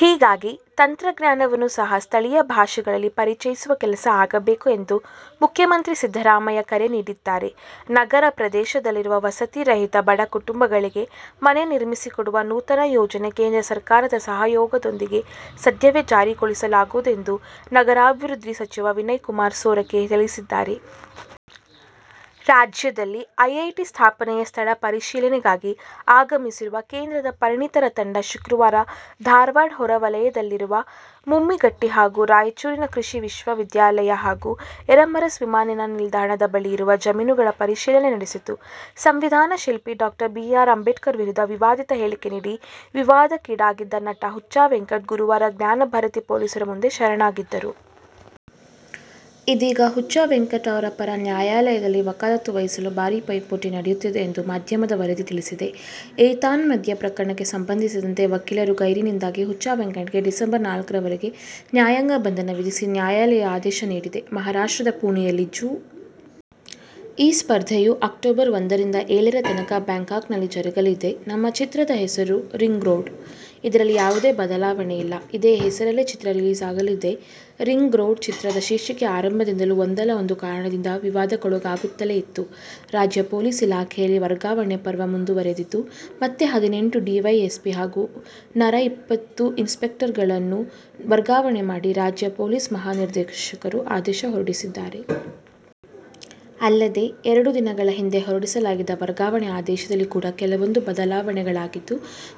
ಹೀಗಾಗಿ ತಂತ್ರಜ್ಞಾನವನ್ನು ಸಹ ಸ್ಥಳೀಯ ಭಾಷೆಗಳಲ್ಲಿ ಪರಿಚಯಿಸುವ ಕೆಲಸ ಆಗಬೇಕು ಎಂದು ಮುಖ್ಯಮಂತ್ರಿ ಸಿದ್ದರಾಮಯ್ಯ ಕರೆ ನೀಡಿದ್ದಾರೆ. ನಗರ ಪ್ರದೇಶದಲ್ಲಿರುವ ವಸತಿ ರಹಿತ ಬಡ ಕುಟುಂಬಗಳಿಗೆ ಮನೆ ನಿರ್ಮಿಸಿಕೊಡುವ ನೂತನ ಯೋಜನೆ ಕೇಂದ್ರ ಸರ್ಕಾರದ ಸಹಯೋಗದೊಂದಿಗೆ ಸದ್ಯವೇ ಜಾರಿಗೊಳಿಸ ಲಾಗುವುದು ಎಂದು ನಗರಾಭಿವೃದ್ಧಿ ಸಚಿವ ವಿನಯಕುಮಾರ್ ಸೊರಕೆ ತಿಳಿಸಿದ್ದಾರೆ. ರಾಜ್ಯದಲ್ಲಿ ಐಐಟಿ ಸ್ಥಾಪನೆಯ ಸ್ಥಳ ಪರಿಶೀಲನೆಗಾಗಿ ಆಗಮಿಸಿರುವ ಕೇಂದ್ರದ ಪರಿಣತರ ತಂಡ ಶುಕ್ರವಾರ ಧಾರವಾಡ ಹೊರವಲಯದಲ್ಲಿರುವ ಮುಮ್ಮಿಗಟ್ಟಿ ಹಾಗೂ ರಾಯಚೂರಿನ ಕೃಷಿ ವಿಶ್ವವಿದ್ಯಾಲಯ ಹಾಗೂ ಯರಮರಸ್ ವಿಮಾನ ನಿಲ್ದಾಣದ ಬಳಿ ಇರುವ ಜಮೀನುಗಳ ಪರಿಶೀಲನೆ ನಡೆಸಿತು. ಸಂವಿಧಾನ ಶಿಲ್ಪಿ ಡಾ. ಬಿ. ಆರ್. ಅಂಬೇಡ್ಕರ್ ವಿರುದ್ಧ ವಿವಾದಿತ ಹೇಳಿಕೆ ನೀಡಿ ವಿವಾದಕ್ಕೀಡಾಗಿದ್ದ ನಟ ಹುಚ್ಚ ವೆಂಕಟ್ ಗುರುವಾರ ಜ್ಞಾನಭಾರತಿ ಪೊಲೀಸರ ಮುಂದೆ ಶರಣಾಗಿದ್ದರು. ಇದೀಗ ಹುಚ್ಚ ವೆಂಕಟ್ ಅವರ ಪರ ನ್ಯಾಯಾಲಯದಲ್ಲಿ ವಕಾಲತ್ತು ವಹಿಸಲು ಭಾರೀ ಪೈಪೋಟಿ ನಡೆಯುತ್ತಿದೆ ಎಂದು ಮಾಧ್ಯಮದ ವರದಿ ತಿಳಿಸಿದೆ. ಏತನ್ಮಧ್ಯೆ ಪ್ರಕರಣಕ್ಕೆ ಸಂಬಂಧಿಸಿದಂತೆ ವಕೀಲರು ಗೈರಿನಿಂದಾಗಿ ಹುಚ್ಚ ವೆಂಕಟ್ ಗೆ ಡಿಸೆಂಬರ್ ನಾಲ್ಕರವರೆಗೆ ನ್ಯಾಯಾಂಗ ಬಂಧನ ವಿಧಿಸಿ ನ್ಯಾಯಾಲಯ ಆದೇಶ ನೀಡಿದೆ. ಮಹಾರಾಷ್ಟ್ರದ ಪುಣೆಯಲ್ಲಿ ಜು. ಈ ಸ್ಪರ್ಧೆಯು ಅಕ್ಟೋಬರ್ ಒಂದರಿಂದ ಏಳರತನಕ ಬ್ಯಾಂಕಾಂಕ್ನಲ್ಲಿ ಜರಗಲಿದೆ. ನಮ್ಮ ಚಿತ್ರದ ಹೆಸರು ರಿಂಗ್ರೋಡ್. ಇದರಲ್ಲಿ ಯಾವುದೇ ಬದಲಾವಣೆ ಇಲ್ಲ. ಇದೇ ಹೆಸರಲ್ಲೇ ಚಿತ್ರ ರಿಲೀಸ್ ಆಗಲಿದೆ. ರಿಂಗ್ರೋಡ್' ಚಿತ್ರದ ಶೀರ್ಷಿಕೆ ಆರಂಭದಿಂದಲೂ ಒಂದಲ್ಲ ಒಂದು ಕಾರಣದಿಂದ ವಿವಾದಕ್ಕೊಳಗಾಗುತ್ತಲೇ ಇತ್ತು. ರಾಜ್ಯ ಪೊಲೀಸ್ ಇಲಾಖೆಯಲ್ಲಿ ವರ್ಗಾವಣೆ ಪರ್ವ ಮುಂದುವರೆದಿದ್ದು, ಮತ್ತೆ ಹದಿನೆಂಟು ಡಿವೈಎಸ್ಪಿ ಹಾಗೂ ನರ ಇಪ್ಪತ್ತು ಇನ್ಸ್ಪೆಕ್ಟರ್ಗಳನ್ನು ವರ್ಗಾವಣೆ ಮಾಡಿ ರಾಜ್ಯ ಪೊಲೀಸ್ ಮಹಾನಿರ್ದೇಶಕರು ಆದೇಶ ಹೊರಡಿಸಿದ್ದಾರೆ. ಅಲ್ಲದೆ, ಎರಡು ದಿನಗಳ ಹಿಂದೆ ಹೊರಡಿಸಲಾಗಿದ್ದ ವರ್ಗಾವಣೆ ಆದೇಶದಲ್ಲಿ ಕೂಡ ಕೆಲವೊಂದು ಬದಲಾವಣೆಗಳಾಗಿದ್ದು,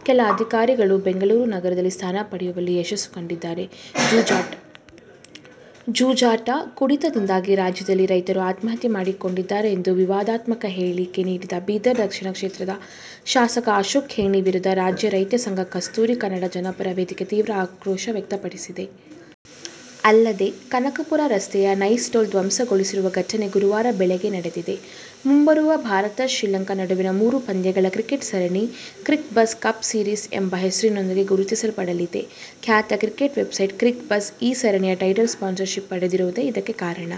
ಕೆಲ ಅಧಿಕಾರಿಗಳು ಬೆಂಗಳೂರು ನಗರದಲ್ಲಿ ಸ್ಥಾನ ಪಡೆಯುವಲ್ಲಿ ಯಶಸ್ಸು ಕಂಡಿದ್ದಾರೆ. ಜೂಜಾಟ, ಕುಡಿತದಿಂದಾಗಿ ರಾಜ್ಯದಲ್ಲಿ ರೈತರು ಆತ್ಮಹತ್ಯೆ ಮಾಡಿಕೊಂಡಿದ್ದಾರೆ ಎಂದು ವಿವಾದಾತ್ಮಕ ಹೇಳಿಕೆ ನೀಡಿದ್ದ ಬೀದರ್ ದಕ್ಷಿಣ ಕ್ಷೇತ್ರದ ಶಾಸಕ ಅಶೋಕ್ ಖೇಣಿ ವಿರುದ್ಧ ರಾಜ್ಯ ರೈತಸಂಘ, ಕಸ್ತೂರಿ ಕನ್ನಡ ಜನಪರ ವೇದಿಕೆ ತೀವ್ರ ಆಕ್ರೋಶ ವ್ಯಕ್ತಪಡಿಸಿದೆ. ಅಲ್ಲದೇ ಕನಕಪುರ ರಸ್ತೆಯ ನೈಸ್ ಟೋಲ್ ಧ್ವಂಸಗೊಳಿಸಿರುವ ಘಟನೆ ಗುರುವಾರ ಬೆಳಗ್ಗೆ ನಡೆದಿದೆ. ಮುಂಬರುವ ಭಾರತ-ಶ್ರೀಲಂಕಾ ನಡುವಿನ ಮೂರು ಪಂದ್ಯಗಳ ಕ್ರಿಕೆಟ್ ಸರಣಿ "ಕ್ರಿಕ್ಬಝ್ ಕಪ್ ಸೀರೀಸ್' ಎಂಬ ಹೆಸರಿನೊಂದಿಗೆ ಗುರುತಿಸಲ್ಪಡಲಿದೆ. ಖ್ಯಾತ ಕ್ರಿಕೆಟ್ ವೆಬ್ಸೈಟ್ "ಕ್ರಿಕ್ಬಝ್' ಈ ಸರಣಿಯ ಟೈಟಲ್ ಸ್ಪಾನ್ಸರ್ಶಿಪ್ ಪಡೆದಿರುವುದೇ ಇದಕ್ಕೆ ಕಾರಣ.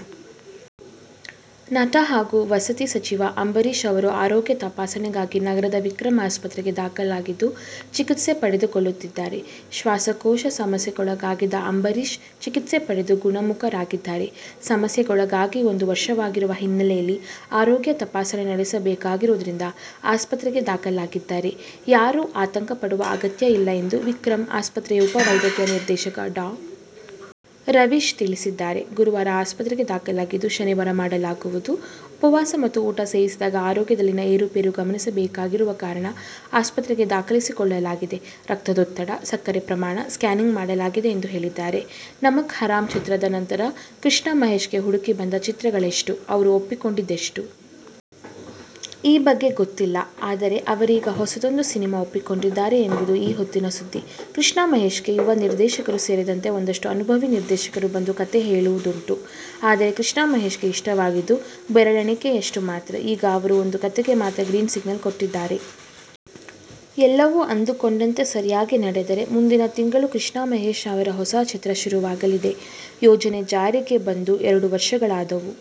ನಟ ಹಾಗೂ ವಸತಿ ಸಚಿವ ಅಂಬರೀಶ್ ಅವರು ಆರೋಗ್ಯ ತಪಾಸಣೆಗಾಗಿ ನಗರದ ವಿಕ್ರಂ ಆಸ್ಪತ್ರೆಗೆ ದಾಖಲಾಗಿದ್ದು, ಚಿಕಿತ್ಸೆ ಪಡೆದುಕೊಳ್ಳುತ್ತಿದ್ದಾರೆ. ಶ್ವಾಸಕೋಶ ಸಮಸ್ಯೆಗೊಳಗಾಗಿದ್ದ ಅಂಬರೀಶ್ ಚಿಕಿತ್ಸೆ ಪಡೆದು ಗುಣಮುಖರಾಗಿದ್ದಾರೆ. ಸಮಸ್ಯೆಗೊಳಗಾಗಿ ಒಂದು ವರ್ಷವಾಗಿರುವ ಹಿನ್ನೆಲೆಯಲ್ಲಿ ಆರೋಗ್ಯ ತಪಾಸಣೆ ನಡೆಸಬೇಕಾಗಿರುವುದರಿಂದ ಆಸ್ಪತ್ರೆಗೆ ದಾಖಲಾಗಿದ್ದಾರೆ. ಯಾರೂ ಆತಂಕ ಪಡುವ ಅಗತ್ಯ ಇಲ್ಲ ಎಂದು ವಿಕ್ರಂ ಆಸ್ಪತ್ರೆಯ ಉಪ ವೈದ್ಯಕೀಯ ನಿರ್ದೇಶಕ ಡಾ. ರವೀಶ್ ತಿಳಿಸಿದ್ದಾರೆ. ಗುರುವಾರ ಆಸ್ಪತ್ರೆಗೆ ದಾಖಲಾಗಿದ್ದು, ಶನಿವಾರ ಮಾಡಲಾಗುವುದು. ಉಪವಾಸ ಮತ್ತು ಊಟ ಸೇವಿಸಿದಾಗ ಆರೋಗ್ಯದಲ್ಲಿನ ಏರುಪೇರು ಗಮನಿಸಬೇಕಿರುವ ಕಾರಣ ಆಸ್ಪತ್ರೆಗೆ ದಾಖಲಿಸಿಕೊಳ್ಳಲಾಗಿದೆ. ರಕ್ತದೊತ್ತಡ, ಸಕ್ಕರೆ ಪ್ರಮಾಣ, ಸ್ಕ್ಯಾನಿಂಗ್ ಮಾಡಲಾಗಿದೆ ಎಂದು ಹೇಳಿದ್ದಾರೆ. ನಮಕ್ ಹರಾಮ್ ಚಿತ್ರದ ನಂತರ ಕೃಷ್ಣಮಹೇಶ್ಗೆ ಹುಡುಕಿ ಬಂದ ಚಿತ್ರಗಳೆಷ್ಟು? ಅವರು ಒಪ್ಪಿಕೊಂಡಿದ್ದೆಷ್ಟು? ಈ ಬಗ್ಗೆ ಗೊತ್ತಿಲ್ಲ. ಆದರೆ, ಅವರೀಗ ಹೊಸದೊಂದು ಸಿನಿಮಾ ಒಪ್ಪಿಕೊಂಡಿದ್ದಾರೆ ಎಂಬುದು ಈ ಹೊತ್ತಿನ ಸುದ್ದಿ. ಕೃಷ್ಣಮಹೇಶ್ಗೆ ಯುವ ನಿರ್ದೇಶಕರು ಸೇರಿದಂತೆ ಒಂದಷ್ಟು ಅನುಭವಿ ನಿರ್ದೇಶಕರು ಬಂದು ಕಥೆ ಹೇಳಿರುವುದುಂಟು. ಆದರೆ, ಕೃಷ್ಣಮಹೇಶ್ಗೆ ಇಷ್ಟವಾಗಿದ್ದು, ಬೆರಳೆಣಿಕೆಯಷ್ಟು ಮಾತ್ರ. ಈಗ ಅವರು ಒಂದು ಕಥೆಗೆ ಮಾತ್ರ ಗ್ರೀನ್ ಸಿಗ್ನಲ್ ಕೊಟ್ಟಿದ್ದಾರೆ. ಎಲ್ಲವೂ ಅಂದುಕೊಂಡಂತೆ ಸರಿಯಾಗಿ ನಡೆದರೆ ಮುಂದಿನ ತಿಂಗಳು ಕೃಷ್ಣ ಮಹೇಶ್ ಅವರ ಹೊಸ ಚಿತ್ರ ಶುರುವಾಗಲಿದೆ. ಯೋಜನೆ ಜಾರಿಗೆ ಬಂದು ಎರಡು ವರ್ಷಗಳಾದವು.